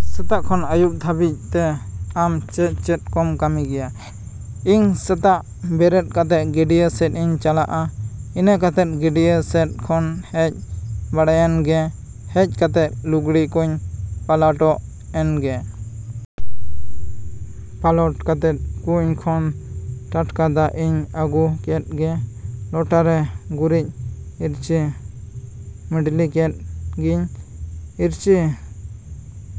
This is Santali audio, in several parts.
ᱥᱮᱛᱟᱜ ᱠᱷᱚᱱ ᱟᱹᱭᱩᱵ ᱫᱷᱟᱹᱵᱤᱡ ᱛᱮ ᱟᱢ ᱪᱮᱫ ᱪᱮᱫ ᱠᱚᱢ ᱠᱟᱹᱢᱤ ᱜᱮᱭᱟ? ᱤᱧ ᱥᱮᱛᱟᱜ ᱵᱮᱨᱮᱫ ᱠᱟᱛᱮ ᱜᱟᱹᱰᱭᱟᱹ ᱥᱮᱫ ᱤᱧ ᱪᱟᱞᱟᱜᱼᱟ᱾ ᱤᱱᱟᱹ ᱠᱟᱛᱮ ᱜᱟᱹᱰᱭᱟᱹ ᱥᱮᱫ ᱠᱷᱚᱱ ᱦᱮᱡ ᱵᱟᱲᱟᱭᱮᱱ ᱜᱮ ᱦᱮᱡ ᱠᱟᱛᱮ ᱞᱩᱜᱽᱲᱤ ᱠᱚᱹᱧ ᱯᱟᱞᱟᱴ ᱮᱱ ᱜᱮ᱾ ᱯᱟᱞᱟᱴ ᱠᱟᱛᱮ ᱠᱩᱧ ᱠᱷᱚᱱ ᱴᱟᱴᱠᱟ ᱫᱟᱜ ᱤᱧ ᱟᱹᱜᱩ ᱠᱮᱫ ᱜᱮ᱾ ᱞᱚᱴᱟ ᱨᱮ ᱜᱩᱨᱤᱡ ᱤᱨᱪᱤ ᱢᱟᱹᱰᱟᱹᱞᱤ ᱠᱮᱫ ᱜᱤᱧ᱾ ᱤᱨᱪᱤ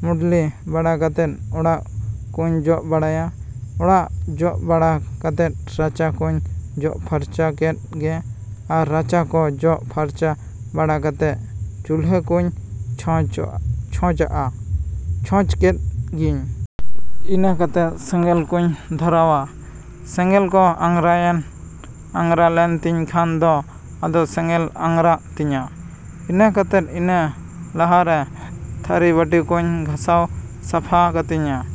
ᱢᱩᱰᱚᱞᱤ ᱵᱟᱲᱟ ᱠᱟᱛᱮᱜ ᱚᱲᱟᱜ ᱠᱚᱹᱧ ᱡᱚᱜ ᱵᱟᱲᱟᱭᱟ᱾ ᱚᱲᱟᱜ ᱡᱚᱜ ᱵᱟᱲᱟ ᱠᱟᱛᱮ ᱨᱟᱪᱟ ᱠᱚᱹᱧ ᱡᱚᱜ ᱥᱟᱯᱷᱟ ᱠᱮᱫ ᱜᱮ ᱟᱨ ᱨᱟᱪᱟ ᱠᱚ ᱡᱚᱜ ᱥᱟᱯᱷᱟ ᱵᱟᱲᱟ ᱠᱟᱛᱮ ᱪᱩᱞᱦᱟᱹ ᱠᱚᱹᱧ ᱪᱷᱚᱸᱪ ᱟᱜᱼᱟ ᱪᱷᱚᱸᱪ ᱠᱮᱫ ᱜᱤᱧ᱾ ᱤᱱᱟᱹ ᱠᱟᱛᱮᱜ ᱥᱮᱸᱜᱮᱞ ᱠᱚᱧ ᱫᱷᱚᱨᱟᱣᱟ᱾ ᱥᱮᱸᱜᱮᱞ ᱠᱚ ᱟᱸᱜᱽᱨᱟᱭᱮᱱ ᱟᱸᱜᱽᱨᱟ ᱞᱮᱱ ᱛᱤᱧ ᱠᱷᱟᱱ ᱫᱚ ᱟᱫᱚ ᱥᱮᱸᱜᱮᱞ ᱟᱸᱜᱽᱨᱟᱜ ᱛᱤᱧᱟ᱾ ᱤᱱᱟᱹ ᱠᱟᱛᱮ ᱤᱱᱟᱹ ᱞᱟᱦᱟ ᱨᱮ ᱛᱷᱟᱹᱨᱤ ᱵᱟᱹᱴᱤ ᱠᱚᱹᱧ ᱜᱷᱟᱥᱟᱣ ᱥᱟᱯᱷᱟ ᱠᱟᱛᱤᱧᱟ᱾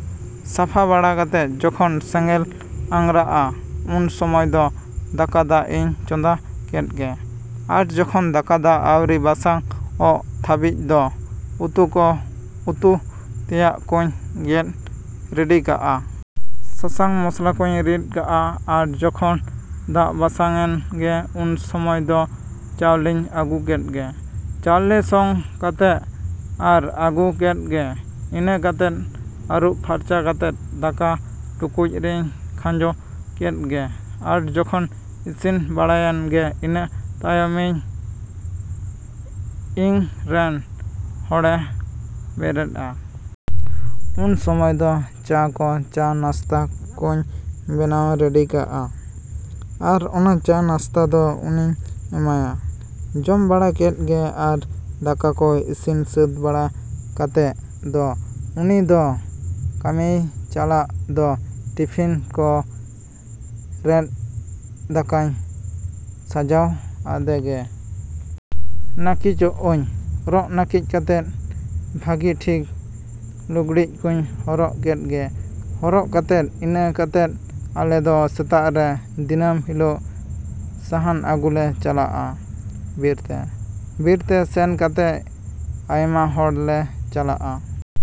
ᱥᱟᱯᱷᱟ ᱵᱟᱲᱟ ᱠᱟᱛᱮ ᱡᱚᱠᱷᱚᱱ ᱥᱮᱸᱜᱮᱞ ᱟᱸᱜᱽᱨᱟᱜᱼᱟ ᱩᱱ ᱥᱚᱢᱚᱭ ᱫᱚ ᱫᱟᱠᱟ ᱫᱟᱜ ᱤᱧ ᱪᱚᱸᱫᱟ ᱠᱮᱫ ᱜᱮ ᱟᱨ ᱡᱚᱠᱷᱚᱱ ᱫᱟᱠᱟ ᱫᱟᱜ ᱟᱹᱣᱨᱤ ᱵᱟᱥᱟᱝ ᱚᱜ ᱫᱷᱟᱹᱵᱤᱡ ᱫᱚ ᱩᱛᱩ ᱠᱚ ᱩᱛᱩ ᱛᱮᱭᱟᱜ ᱠᱚᱹᱧ ᱜᱮᱫ ᱨᱮᱰᱤ ᱠᱟᱜᱼᱟ᱾ ᱥᱟᱥᱟᱝ ᱢᱚᱥᱞᱟ ᱠᱚᱧ ᱨᱤᱫ ᱠᱟᱜᱼᱟ ᱟᱨ ᱡᱚᱠᱷᱚᱱ ᱫᱟᱜ ᱵᱟᱥᱟᱝ ᱮᱱ ᱜᱮ ᱩᱱ ᱥᱚᱢᱚᱭ ᱫᱚ ᱪᱟᱣᱞᱮᱧ ᱟᱹᱜᱩ ᱠᱮᱫ ᱜᱮ᱾ ᱪᱟᱣᱞᱮ ᱥᱚᱝ ᱠᱟᱛᱮᱜ ᱟᱨ ᱟᱹᱜᱩ ᱠᱮᱫ ᱜᱮ᱾ ᱤᱱᱟᱹ ᱠᱟᱛᱮᱜ ᱟᱹᱨᱩᱵ ᱯᱷᱟᱨᱪᱟ ᱠᱟᱛᱮ ᱫᱟᱠᱟ ᱴᱩᱠᱩᱪ ᱨᱮᱧ ᱠᱷᱟᱸᱡᱚ ᱠᱮᱫ ᱜᱮ ᱟᱨ ᱡᱚᱠᱷᱚᱱ ᱤᱥᱤᱱ ᱵᱟᱲᱟᱭᱮᱱ ᱜᱮ ᱤᱱᱟᱹ ᱛᱟᱭᱚᱢ ᱤᱧ ᱨᱮᱱ ᱦᱚᱲᱮ ᱵᱮᱨᱮᱫᱼᱟ᱾ ᱩᱱ ᱥᱚᱢᱚᱭ ᱫᱚ ᱪᱟ ᱠᱚ ᱪᱟ ᱱᱟᱥᱛᱟ ᱠᱚᱹᱧ ᱵᱮᱱᱟᱣ ᱨᱮᱰᱤ ᱠᱟᱜᱼᱟ᱾ ᱟᱨ ᱚᱱᱟ ᱪᱟ ᱱᱟᱥᱛᱟ ᱫᱚ ᱩᱱᱤᱧ ᱮᱢᱟᱭᱟ᱾ ᱡᱚᱢ ᱵᱟᱲᱟ ᱠᱮᱫ ᱜᱮ ᱟᱨ ᱫᱟᱠᱟ ᱠᱚ ᱤᱥᱤᱱ ᱥᱟᱹᱛ ᱵᱟᱲᱟ ᱠᱟᱛᱮᱜ ᱫᱚ ᱩᱱᱤ ᱫᱚ ᱠᱟᱹᱢᱤᱭ ᱪᱟᱞᱟᱜ ᱫᱚ ᱴᱤᱯᱤᱱ ᱠᱚ ᱨᱮᱫ ᱫᱟᱠᱟᱧ ᱥᱟᱡᱟᱣ ᱟᱫᱮ ᱜᱮ᱾ ᱱᱟᱹᱠᱤᱡᱚᱜ ᱟᱹᱧ ᱨᱚᱜ ᱱᱟᱹᱠᱤᱡ ᱠᱟᱛᱮ ᱵᱷᱟᱹᱜᱤ ᱴᱷᱤᱠ ᱞᱩᱜᱽᱲᱤᱡ ᱠᱚᱧ ᱦᱚᱨᱚᱜ ᱠᱮᱫ ᱜᱮ᱾ ᱦᱚᱨᱚᱜ ᱠᱟᱛᱮᱜ ᱤᱱᱟᱹ ᱠᱟᱛᱮᱜ ᱟᱞᱮ ᱫᱚ ᱥᱮᱛᱟᱜ ᱨᱮ ᱫᱤᱱᱟᱹᱢ ᱦᱤᱞᱳᱜ ᱥᱟᱦᱟᱱ ᱟᱹᱜᱩ ᱞᱮ ᱪᱟᱞᱟᱜᱼᱟ ᱵᱤᱨ ᱛᱮ᱾ ᱵᱤᱨ ᱛᱮ ᱥᱮᱱ ᱠᱟᱛᱮᱜ ᱟᱭᱢᱟ ᱦᱚᱲ ᱞᱮ ᱪᱟᱞᱟᱜᱼᱟ᱾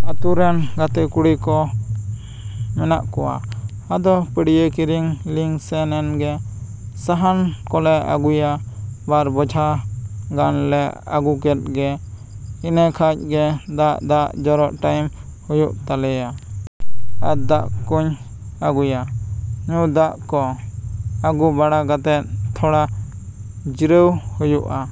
ᱟᱹᱛᱩ ᱨᱮᱱ ᱜᱟᱛᱮ ᱠᱩᱲᱤ ᱠᱚ ᱢᱮᱱᱟᱜ ᱠᱚᱣᱟ᱾ ᱟᱫᱚ ᱯᱟᱹᱲᱭᱟᱹ ᱠᱤᱨᱤᱧ ᱞᱤᱧ ᱥᱮᱱ ᱮᱱ ᱜᱮ᱾ ᱥᱟᱦᱟᱱ ᱠᱚ ᱞᱮ ᱟᱹᱜᱩᱭᱟ᱾ ᱵᱟᱨ ᱵᱚᱡᱷᱟ ᱜᱟᱱ ᱞᱮ ᱟᱹᱜᱩ ᱠᱮᱫ ᱜᱮ᱾ ᱤᱱᱟᱹ ᱠᱷᱟᱡ ᱜᱮ ᱫᱟᱜ ᱫᱟᱜ ᱡᱚᱨᱚ ᱴᱟᱭᱤᱢ ᱦᱩᱭᱩᱜ ᱛᱟᱞᱮᱭᱟ᱾ ᱟᱨ ᱫᱟᱜ ᱠᱚᱹᱧ ᱟᱹᱜᱩᱭᱟ, ᱧᱩ ᱫᱟᱜ ᱠᱚ᱾ ᱟᱹᱜᱩ ᱵᱟᱲᱟ ᱠᱟᱛᱮᱜ ᱛᱷᱚᱲᱟ ᱡᱤᱨᱟᱹᱣ ᱦᱩᱭᱩᱜ-ᱟ᱾